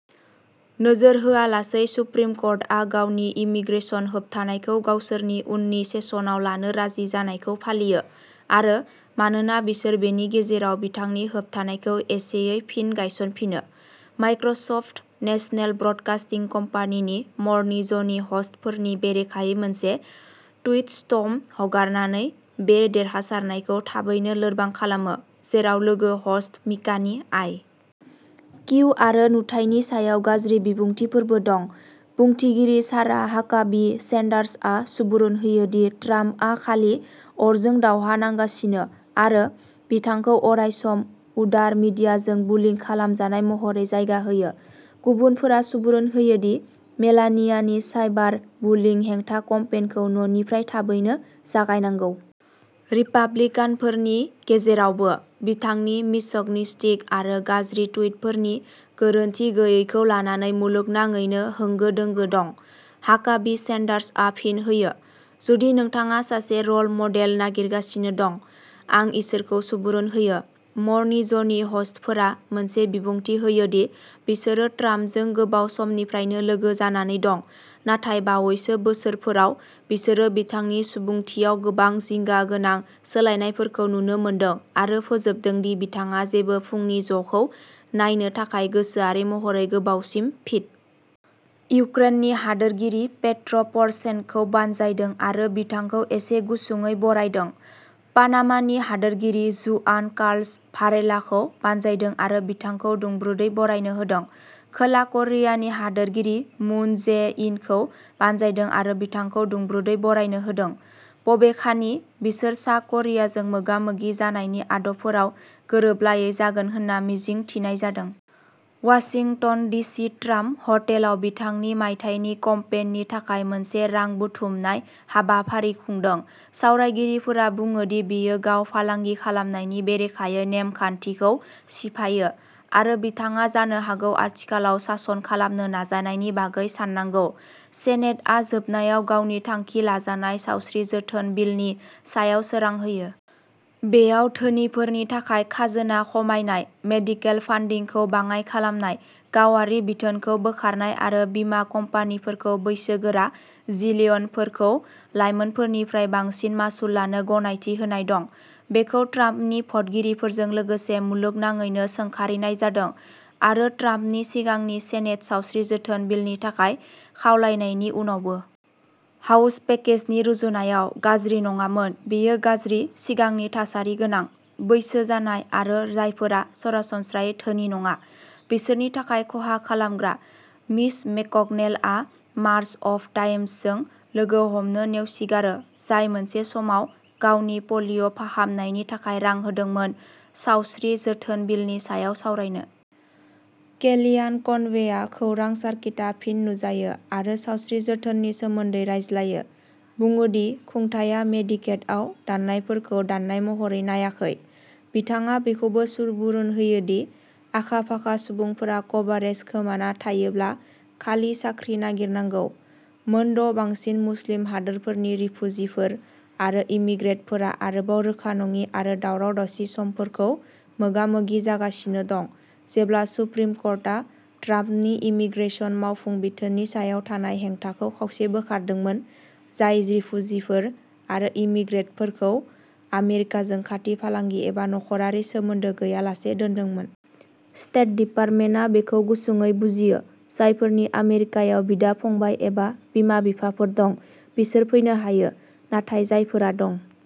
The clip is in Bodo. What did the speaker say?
नोजोर होआलासै सुप्रिम कर्टआ गावनि इमीग्रेसन होबथानायखौ गावसोरनि उननि सेसनाव लानो राजि जानायखौ फालियो आरो मानोना बिसोर बेनि गेजेराव बिथांनि होबथानायखौ एसेयै फिन गायसनफिनो। माइक्रसप्त नेशनेल ब्रदकासटिं कम्पानी नि मर्निं ज'नि ह'स्टफोरनि बेरेखायै मोनसे टुइटस्टर्म हगारनानै बे देरहासारनायखौ थाबैनो लोरबां खालामो, जेराव लोगो ह'स्ट मिकानि आइ. -- किउ. आरो नुथायनि सायाव गाज्रि बिबुंथिफोरबो दं। बुंथिगिरि सारा हाकाबी-सेन्डार्सआ सुबुरुन होयो दि ट्राम्पआ खालि "अरजों दावहा नांगासिनो" आरो बिथांखौ अरायसम "उदार मिडियाजों बुलिं" खालामजानाय महरै जायगा होयो। गुबुनफोरा सुबुरुन होयो दि मेलानियानि साइबार बुलिं हेंथा कम्पेइनखौ न'निफ्राय थाबैनो जागायनांगौ। रिपाब्लिकानफोरनि गेजेरावबो, बिथांनि मिसग'निसटिक आरो गाज्रि टुइटफोरनि गोरोनथि गैयैखौ लानानै मुलुगनाङैनो होंगो दोंगो दं। हाकाबी-सेन्डार्सआ फिन होयो, "जुदि नोंथाङा सासे रल मडेल नागिरगासिनो दं, आं इसोरखौ सुबुरुन होयो।" मर्निं ज'नि ह'स्टफोरा मोनसे बिबुंथि होयो दि बिसोरो ट्राम्पजों गोबाव समनिफ्रायनो लोगो जानानै दं, नाथाय बावैसो बोसोरफोराव बिसोरो बिथांनि सुबुंथियाव गोबां जिंगा गोनां सोलायनायफोरखौ नुनो मोनदों आरो फोजोबदों दि बिथाङा जेबो फुंनि ज'खौ नायनो थाखाय गोसोआरि महरै गोबावसिन फिट। इउक्रेननि हादोरगिरि पेट्र'पर'शेन्क'खौ बानजायदों आरो बिथांखौ एसे गुसुङै बरायदों। पानामानि हादोरगिरि जुआन कार्ल'स भारेलाखौ बानजायदों आरो बिथांखौ दुंब्रुदै बरायनो होदों। खोला क'रियानि हादोरगिरि मुन जे-इनखौ बानजायदों आरो बिथांखौ दुंब्रुदै बरायनो होदों, बबेखानि बिसोर सा क'रियाजों मोगा-मोगि जानायनि आदबफोराव गोरोबलायै जागोन होनना मिजिं थिनाय जादों। वाशिंटन डिसि ट्राम्प हटेलाव बिथांनि मायथाइनि कम्पेइननि थाखाय मोनसे रां बुथुमनाय हाबाफारि खुंदों। सावरायगिरिफोरा बुङो दि बेयो गाव-फालांगि खालामनायनि बेरेखायै नेमखानथिखौ सिफायो, आरो बिथाङा जानो हागौ आथिखालाव सासन खालामनो नाजानायनि बागै साननांगौ। सेनेटआ जोबनायाव गावनि थांखि लाजानाय सावस्रि जोथोन बिलनि सायाव सोरां होयो। बेयाव धोनिफोरनि थाखाय खाजोना खमायनाय, मेडिकेड फान्डिंखौ बाङाइ खालामनाय, गावारि बिथोनखौ बोखारनाय आरो बीमा कम्पानिफोरखौ बैसोगोरा जिलियनफोरखौ लाइमोनफोरनिख्रुइ बांसिन मासुल लानो गनायथि होनाय दं। बेखौ ट्राम्पनि भटगिरिफोरजों लोगोसे मुलुगनाङैनो सोंखारिनाय जादों। आरो ट्राम्पनि सिगांनि सेनेट सावस्रि जोथोन बिलनि थाखाय खावलायनायनि उनावबो। हाउस पेकेजनि रुजुनायाव "गाज्रि" नङामोन, बेयो गाज्रिः सिगांनि थासारि गोनां, बैसो जानाय, आरो जायफोरा सरासनस्रायै धोनि नङा, बिसोरनि थाखाय खहा खालामग्रा। मिच मेककनेलआ मार्च अफ डाइम्सजों लोगो हमनो नेवसिगारो जाय मोनसे समाव गावनि पलिय' फाहामनायनि थाखाय रां होदोंमोन सावस्रि जोथोन बिलनि सायाव सावरायनो। केलियान कनवेआ खौरां सार्किटा फिन नुजायो आरो सावस्रि जोथोननि सोमोन्दै रायज्लायो, बुङो दि खुंथायआ मेडिकेडआव दाननायफोरखौ दाननाय महरै नायाखै। बिथाङा बेखौबो सुबुरुन होयो दि "आखा-फाखा" सुबुंफोरा कभारेज खोमाना थायोब्ला खालि साख्रि नागिरनांगौ। मोनद'बांसिन मुस्लिम हादोरफोरनि रिफुजिफोर आरो इम्मिग्रेन्टफोरा आरोबाव रोखा नङि आरो दावराव-दावसि समफोरखौ मोगा-मोगि जागासिनो दं, जेब्ला सुप्रिम कर्टा ट्राम्पनि इमीग्रेसन मावफुं बिथोननि सायाव थानाय हेंथाखौ खावसे बोखारदोंमोन, जाय रिफुजिफोर आरो इम्मिग्रेन्टफोरखौ आमेरिकाजों खाथि फालांगि एबा नखरारि सोमोन्दो गैयालासे दोनदोंमोन। स्टेट डिपार्टमेन्टआ बेखौ गुसुंयै बुजियो, जायफोरनि आमेरिकायाव बिदा-फंबाय एबा बिमा-बिफाफोर दं बिसोर फैनो हायो, नाथाय जायफोरा दं।